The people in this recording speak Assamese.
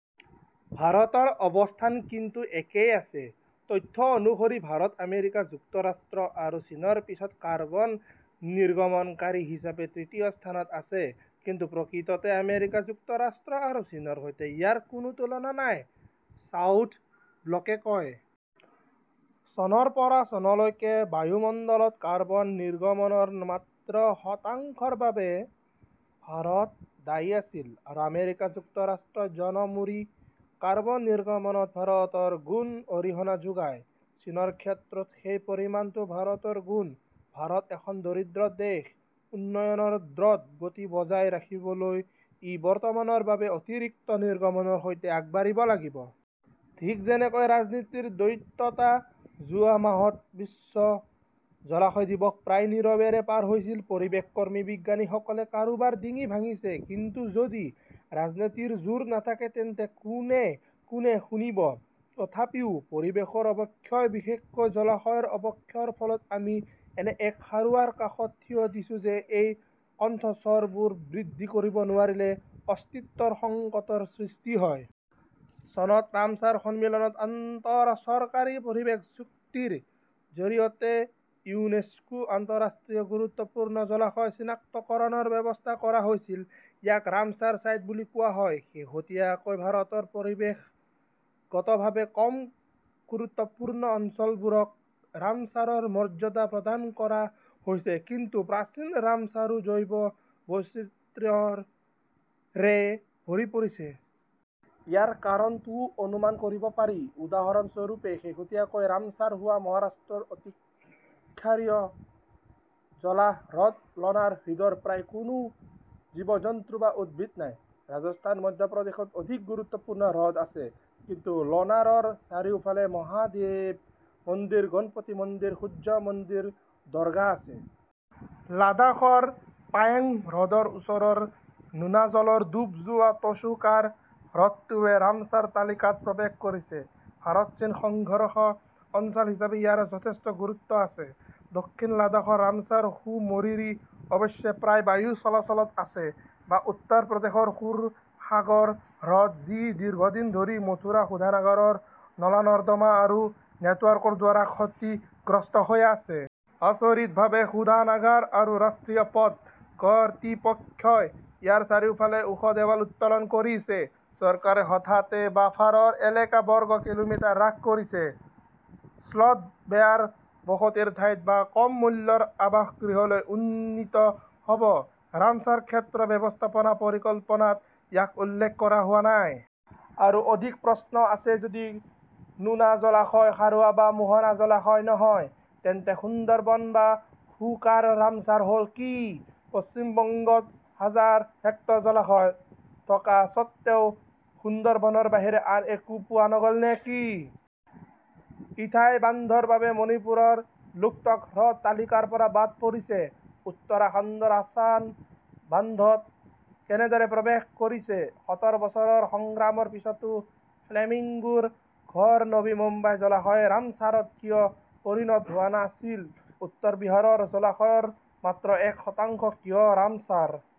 ভাৰতৰ অৱস্থান কিন্তু একেই আছে। তথ্য অনুসৰি ভাৰত আমেৰিকা যুক্তৰাষ্ট্ৰ আৰু চীনৰ পিছত কাৰ্বন নিৰ্গমনকাৰী হিচাপে তৃতীয় স্থানত আছে, কিন্তু প্ৰকৃততে আমেৰিকা যুক্তৰাষ্ট্ৰ আৰু চীনৰ সৈতে ইয়াৰ কোনো তুলনা নাই, চাউথ ব্লকে কয়। চনৰ পৰা চনলৈকে বায়ুমণ্ডলত কাৰ্বন নিৰ্গমনৰ মাত্ৰ শতাংশৰ বাবে ভাৰত দায়ী আছিল। আৰু, আমেৰিকা যুক্তৰাষ্ট্ৰই জনমূৰি কাৰ্বন নিৰ্গমনত ভাৰতৰ গুণ অৰিহণা যোগায়। চীনৰ ক্ষেত্ৰত সেই পৰিমাণটো ভাৰতৰ গুণ। ভাৰত এখন দৰিদ্ৰ দেশ, উন্নয়নৰ দ্ৰত গতি বজাই ৰাখিবলৈ ই বৰ্তমানৰ বাবে অতিৰিক্ত নিৰ্গমনৰ সৈতে আগবাঢ়িব লাগিব। ঠিক যেনেকৈ ৰাজনীতিৰ দ্বৈততা, যোৱা মাহত বিশ্ব জলাশয় দিৱস প্ৰায় নীৰৱেৰে পাৰ হৈছিল। পৰিৱেশ কৰ্মী, বিজ্ঞানীসকলে কাৰোবাৰ ডিঙি ভাঙিছে, কিন্তু যদি ৰাজনীতিৰ জোৰ নাথাকে তেন্তে কোনে - কোনে শুনিব। তথাপিও পৰিৱেশৰ অৱক্ষয়, বিশেষকৈ জলাশয়ৰ অৱক্ষয়ৰ ফলত আমি এনে এক খাৰুৱাৰ কাষত থিয় দিছো যে এই কণ্ঠস্বৰবোৰ বৃদ্ধি কৰিব নোৱাৰিলে অস্তিত্বৰ সংকটৰ সৃষ্টি হয়। চনত ৰামছাৰ সন্মিলনত আন্তঃচৰকাৰী পৰিৱেশ চুক্তিৰ জৰিয়তে ইউনেস্কো, আন্তঃৰাষ্ট্ৰীয় গুৰুত্বপূৰ্ণ জলাশয় চিনাক্তকৰণৰ ব্যৱস্থা কৰা হৈছিল। ইয়াক ৰামছাৰ ছাইট বুলি কোৱা হয়। শেহতীয়াকৈ ভাৰতৰ পৰিৱেশগতভাৱে কম গুৰুত্বপূৰ্ণ অঞ্চলবোৰক ৰামচাৰৰ মৰ্যাদা প্ৰদান কৰা হৈছে, কিন্তু প্ৰাচীন ৰামচাৰো জৈৱ বৈচিত্ৰ্যৰে ভৰি পৰিছে। ইয়াৰ কাৰণটোও অনুমান কৰিব পাৰি। উদাহৰণস্বৰূপে, শেহতীয়াকৈ ৰামছাৰ হোৱা মহাৰাষ্ট্ৰৰ অতিক্ষাৰীয় জলাহ হ্ৰদ লনাৰ হ্ৰদৰ প্ৰায় কোনো জীৱ-জন্তু বা উদ্ভিদ নাই, ৰাজস্থান, মধ্যপ্ৰদেশত অধিক গুৰুত্বপূৰ্ণ হ্ৰদ আছে, কিন্তু লনাৰৰ চাৰিওফালে মহাদেৱ মন্দিৰ, গণপতি মন্দিৰ, সূৰ্য মন্দিৰ, দৰ্গা আছে। লাডাখৰ পাঙ্গং হ্ৰদৰ ওচৰৰ নোনাজলৰ ডুব যোৱা তসো-কাৰ হ্ৰদটোৱে ৰামছাৰ তালিকাত প্ৰৱেশ কৰিছে। ভাৰত-চীন সংঘৰ্ষ অঞ্চাল হিচাপে ইয়াৰ যথেষ্ট গুৰুত্ব আছে। দক্ষিণ লাডাখৰ ৰামছাৰ সো মৰিৰি অৱশ্যে প্ৰায় বায়ু চলাচলত আছে। বা, উত্তৰ প্ৰদেশৰ সুৰসাগৰ হ্ৰদ, যি দীৰ্ঘদিন ধৰি মথুৰা শোধনাগাৰৰ নলা-নৰ্দমা আৰু নেটৱৰ্কৰ দ্বাৰা ক্ষতিগ্ৰস্ত হৈ আছে। আচৰিতভাৱে, শোধনাগাৰ আৰু ৰাষ্ট্ৰীয় পথ কৰ্তৃপক্ষই ইয়াৰ চাৰিওফালে ওখ দেৱাল উত্তোলন কৰিছে। চৰকাৰে হঠাতে বাফাৰৰ এলেকা বৰ্গ কিলোমিটাৰ হ্ৰাস কৰিছে, স্লথ-বেয়াৰ বসতিৰ ঠাইত বা কম মূল্যৰ আৱাসগৃহলৈ উন্নীত হ 'ব। ৰামছাৰ ক্ষেত্ৰ ব্যৱস্থাপনা পৰিকল্পনাত ইয়াক উল্লেখ কৰা হোৱা নাই। আৰু অধিক প্ৰশ্ন আছে, যদি নোনা জলাশয়, খাৰুৱা বা মোহনা জলাশয় নহয়, তেন্তে সুন্দৰবন বা সো-কাৰ ৰামছাৰ হল কি? পশ্চিম বংগত হাজাৰ হেক্টৰ জলাশয় থকা স্বত্বেও সুন্দৰবনৰ বাহিৰে আন একো পোৱা নগ'ল নেকি? ইথাই বান্ধৰ বাবে মণিপুৰৰ লোকটক হ্ৰদ তালিকাৰ পৰা বাদ পৰিছে, উত্তৰাখণ্ডৰ আছান বান্ধত কেনেদৰে প্ৰৱেশ কৰিছে? সতৰ বছৰৰ সংগ্ৰামৰ পিছতো ফ্লেমিঙ্গোৰ ঘৰ নবী মুম্বাই জলাশয় ৰামছাৰত কিয় পৰিণত হোৱা নাছিল। উত্তৰ বিহাৰৰ জলাশয়ৰ মাত্ৰ এক শতাংশ কিয় ৰামছাৰ?